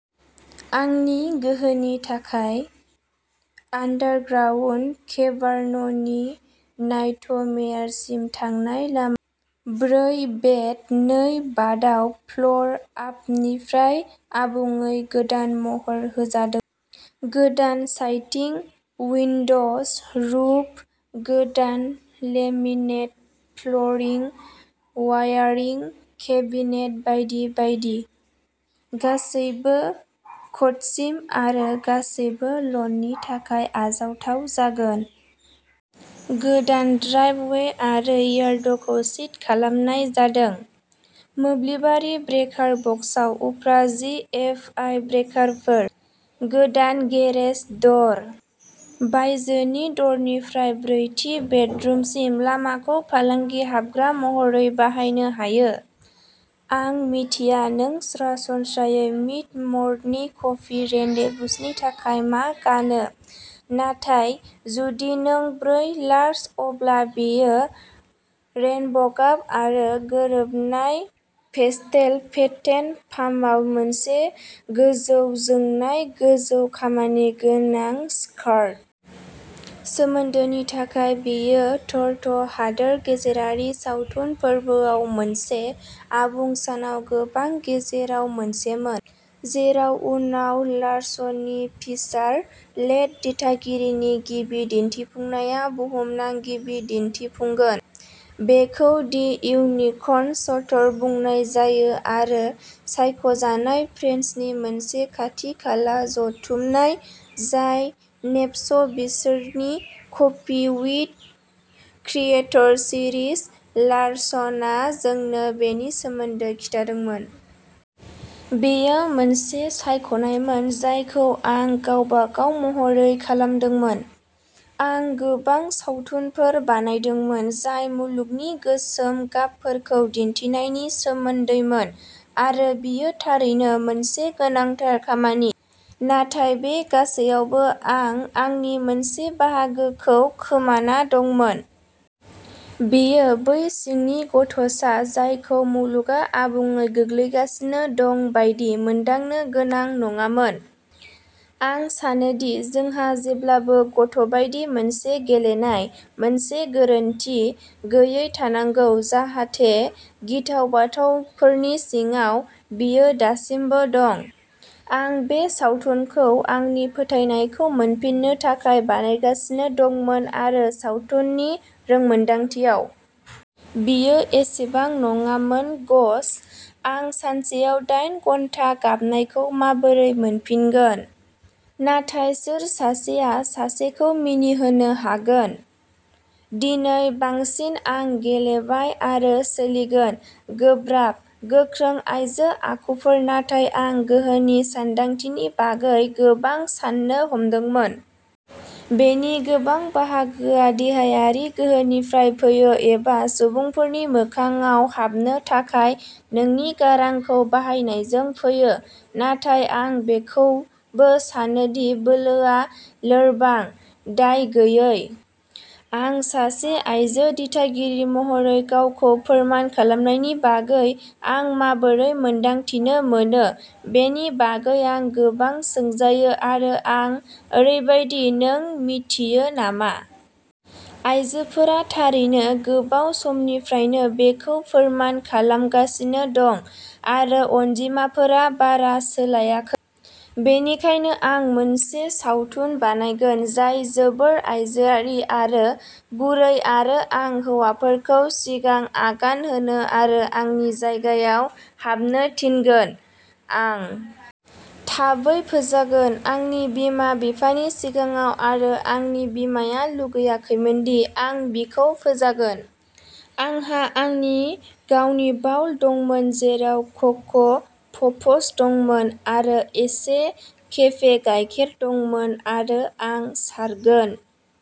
आंनि गोहोनि थाखाय। आन्डारग्राउन्ड केभार्ननि नाइटमेयारसिम थांनाय लामा। ब्रै बेड नै बाथआ फ्लर आपनिफ्राय आबुङै गोदान महर होजादोंमोन। गोदान साइदिं, उइन्ड'ज, रुफ, गोदान लेमिनेट फ्लरिं, वायारिं, केबिनेट बायदि बायदि। गासैबो क'डसिम आरो गासैबो ल'ननि थाखाय आरजाथाव जागोन। गोदान ड्राइभ वे आरो यार्डखौ सीद खालामनाय जादों। मोब्लिबारि ब्रेकार बक्सआव उफ्रा जि एप आइ ब्रेकारफोर। गोदान गेरेज द'र। बायजोनि द'रनिफ्राय ब्रैथि बेडरुमसिम लामाखौ फालांगि हाबग्रा महरै बाहायनो हायो। आं मिथिया नों सरासनस्रायै मिड-मर्निं कफि रेन्डेभुसनि थाखाय मा गानो, नाथाय जुदि नों ब्रि लार्स, अब्ला बेयो रेइनब'गाब आरो गोरोबनाय पेस्टेल पेटेन्ट पाम्पआव मोनसे गोजौ-जोंनाय, गोजौ-खामि गोनां स्कार्ट। सोमोन्दोनि थाखाय, बेयो टरट'हादोर गेजेरारि सावथुन फोरबोआव मोनसे आबुं सानाव गोबांनि गेजेराव मोनसेमोन, जेराव उनाव लार्सननि फिसार लेंथ दिथागिरिनि गिबि दिन्थिफुंनाया बुहुमनां गिबि दिन्थिफुंगोन। बेखौ दि इउनिकर्न स्ट'र बुंनाय जायो आरो सायख'जानाय प्रेसनि मोनसे खाथि-खाला जथुमनाय, जाय नेस्प' बिसोरनि कफि विद क्रिएटर सिरिज, लारसन आ जोंनो बेनि सोमोन्दै खिन्थादोंमोन। "बेयो मोनसे सायख'नायमोन जायखौ आं गावबागाव महरै खालामदोंमोन। आं गोबां सावथुनफोर बानायदोंमोन जाय मुलुगनि गोसोम गाबफोरखौ दिन्थिनायनि सोमोन्दैमोन आरो बेयो थारैनो मोनसे गोनांथार खामानि, नाथाय बे गासैयावबो आं आंनि मोनसे बाहागोखौ खोमाना दंमोन। बेयो बै सिंनि गथ'सा जायखौ मुलुगआ आबुङै गोग्लैगासिनो दं बायदि मोनदांनो गोनां नङामोन। आं सानोदि जोंहा जेब्लाबो गथ'बायदि मोनसे गेलेनाय, मोनसे गोरोनथि गैयै थानांगौ, जाहाथे गिथाव बाथ्राफोरनि सिगाङाव, बेयो दासिमबो दं। आं बे सावथुनखौ आंनि फोथायनायखौ मोनफिननो थाखाय बानायगासिनो दंमोन आरो सावथुननि रोंमोनदांथियाव। बेयो एसेबां नङामोन गश, आं सानसेयाव दाइन घन्टा गाबनायखौ माबोरै मोनफिनगोन? नाथाय सोर सासेया सासेखौ मिनिहोनो हायो? दिनै बांसिन आं गेलेबाय आरो सोलिगोन, गोब्राब, गोख्रों आइजो आखुफोर नाथाय आं गोहोनि सानदांथिनि बागै गोबां साननो हमदोंमोन। बेनि गोबां बाहागोआ देहायारि गोहोनिफ्राय फैयो एबा सुबुंफोरनि मोखांआव हाबनो थाखाय नोंनि गारांखौ बाहायनायजों फैयो, नाथाय आं बेखौबो सानो दि बोलोआ लोरबां, दायगैयै। आं सासे आइजो दिथागिरि महरै गावखौ फोरमान खालामनायनि बागै आं माबोरै मोन्दांथि मोनो बेनि बागै आं गोबां सोंजायो, आरो आं ओरैबादि, नों मिन्थियो नामा? आइजोफोरा थारैनो गोबाव समनिफ्रायनो बेखौ फोरमान खालामगासिनो दं आरो अनजिमाफोरा बारा सोलायाखै। बेनिखायनो आं मोनसे सावथुन बानायगोन जाय जोबोद आइजोआरि आरो गुरै आरो आं हौवाफोरखौ सिगां आगान होनो आरो आंनि जायगायाव हाबनो थिनगोन। आं थाबै फोजागोन, आंनि बिमा-बिफानि सिगाङाव आरो आंनि बिमाया लुबैयाखैमोनदि आं बिखौ फोजागोन। आंहा आंनि गावनि बाउल दंमोन जेराव क'क' पप्स दंमोन, आरो एसे केफे गायखेर दंमोन आरो आं सारगोन।